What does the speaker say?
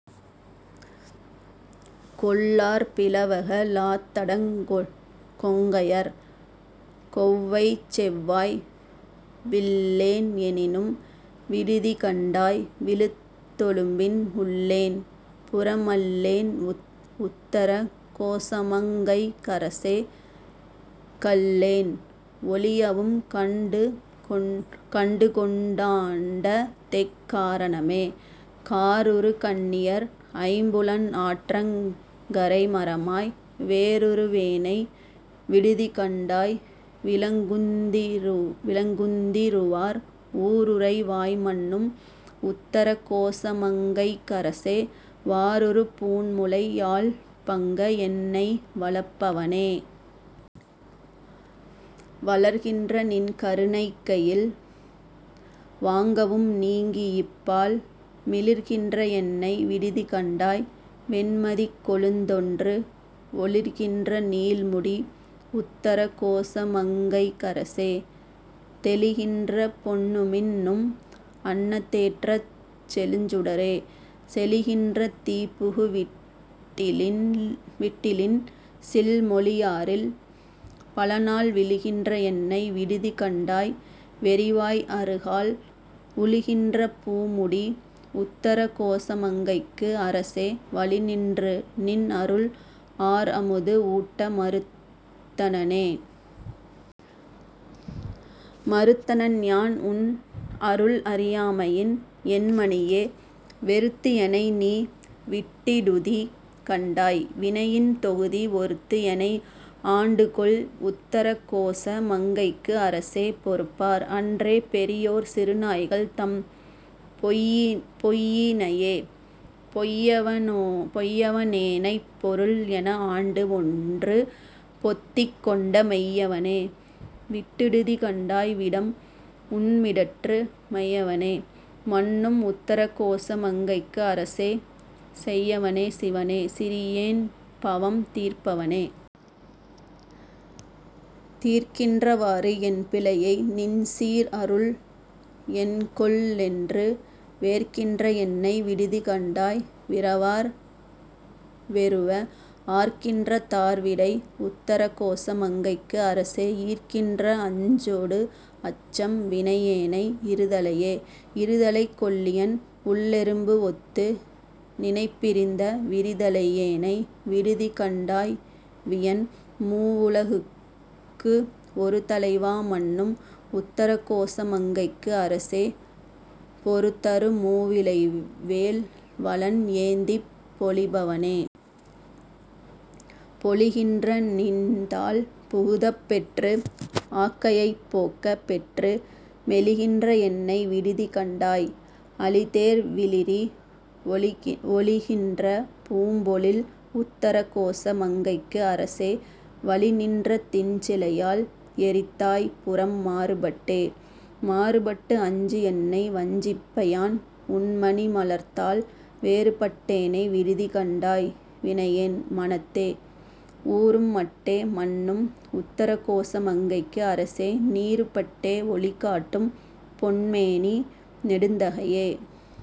கொள்ளார் பிளவக லாத்தடங் கொங்கையர் கொவ்வைச்செவ்வாய் விள்ளேன் எனினும் விடுதிகண்டாய் விழுத்தொழுப்பின் உள்ளேன் புறமல்லேன் உத்தர கோசமங் கைக்கரசே கள்ளேன் ஒழியவும் கண்டுகொண்டாண்டதெக் காரணமே. காருறு கண்ணியர் ஐம்புலன் ஆற்றங் கரைமரமாய் வேருறு வேனை விடுதிகண்டாய் விளங்குந்திருவார் ஊருறை வாய்மன்னும் உத்தரகோசமங்கைக் கரசே வாருறு பூண்முலை யாள்பங்க என்னை வளர்ப்பவனே. வளர்கின்ற நின்கருணைக்கையில் வாங்கவும் நீங்கியிப்பால் மிளிர்கின்ற என்னை விடுதிகண்டாய் வெண்மதிக்கொழுந்தொன்று ஒளிர்கின்ற நீள்முடி உத்தரகோசமங்கைக்கரசே தெளிகின்ற பொன்னுமின் னும் அன்னதற்றச் செழுஞ்சுடரே. செழிகின்ற தீப்புகு விட்டிலின் சில் மொழியாரில் பல்நாள் விழுகின்ற என்னை விடுதி கண்டாய் வெறி வாய் அறுகால் உழுகின்ற பூமுடி உத்தரகோசமங்கைக்கு அரசே வழிநின்று நின் அருள் ஆர் அமுது ஊட்ட மறுத்தனனே. மறுத்தனன் யான் உன் அருள் அறியாமையின் என் மணியே வெறுத்து எனை நீ விட்டிடுதி கண்டாய் வினையின் தொகுதி ஒறுத்து எனை ஆண்டுகொள் உத்தர கோச மங்கைக்கு அரசே பொறுப்பார் அன்றே பெரியோர் சிறுநாய்கள் தம் பொய்யினையே. பொய்யவனேனைப் பொருள் என ஆண்டு ஒன்று பொத்திக் கொண்ட மெய்யவனே விட்டிடுதி கண்டாய் விடம் உண்மிடற்று மையவனே மன்னும் உத்தரகோச மங்கைக்கு அரசே செய்யவனே சிவனே சிறியேன் பவம் தீர்ப்பவனே. தீர்க்கின்றவாறு என் பிழையை நின்சீர் அருள் என்கொல்என்று வேர்க்கின்ற என்னை விடுதி கண்டாய் விரவார் வெருவ ஆர்க்கின்ற தார்விடை உத்தரகோச மங்கைக்கு அரசே ஈர்க்கின்ற அஞ்சொடு அச்சம் வினையேனை இருதலையே. இருதலைக்கொள்ளியன் உள்எறும்பு ஒத்து நினைப்பிரிந்த விரிதலையேனை விடுதி கண்டாய் வியன் மூவுலகுக்கு ஒருதலைவா மன்னும் உத்தரகோச மங்கைக்கு அரசே பொருதரு மூவிலைவேல் வலன் ஏந்திப் பொலிபவனே. பொலிகின்ற நின்தாள் புகுதப் பெற்று ஆக்கையைப் போக்கப் பெற்று மெலிகின்ற என்னை விடுதி கண்டாய் அளிதேர் விளிரி ஒலிகின்ற பூம்பொழில் உத்தரகோச மங்கைக்கு அரசே வலி நின்ற திண்சிலையால் எரித்தாய் புரம் மாறுபட்டே. மாறுபட்டு அஞ்சு என்னை வஞ்சிப்ப யான்உன்மணி மலர்த்தாள் வேறுபட்டேனை விடுதி கண்டாய் வினையேன் மனத்தே ஊறும் மட்டே மன்னும் உத்தரகோச மங்கைக்கு அரசே நீறுபட்டே ஒளி காட்டும் பொன்மேனி நெடுந்தகையே.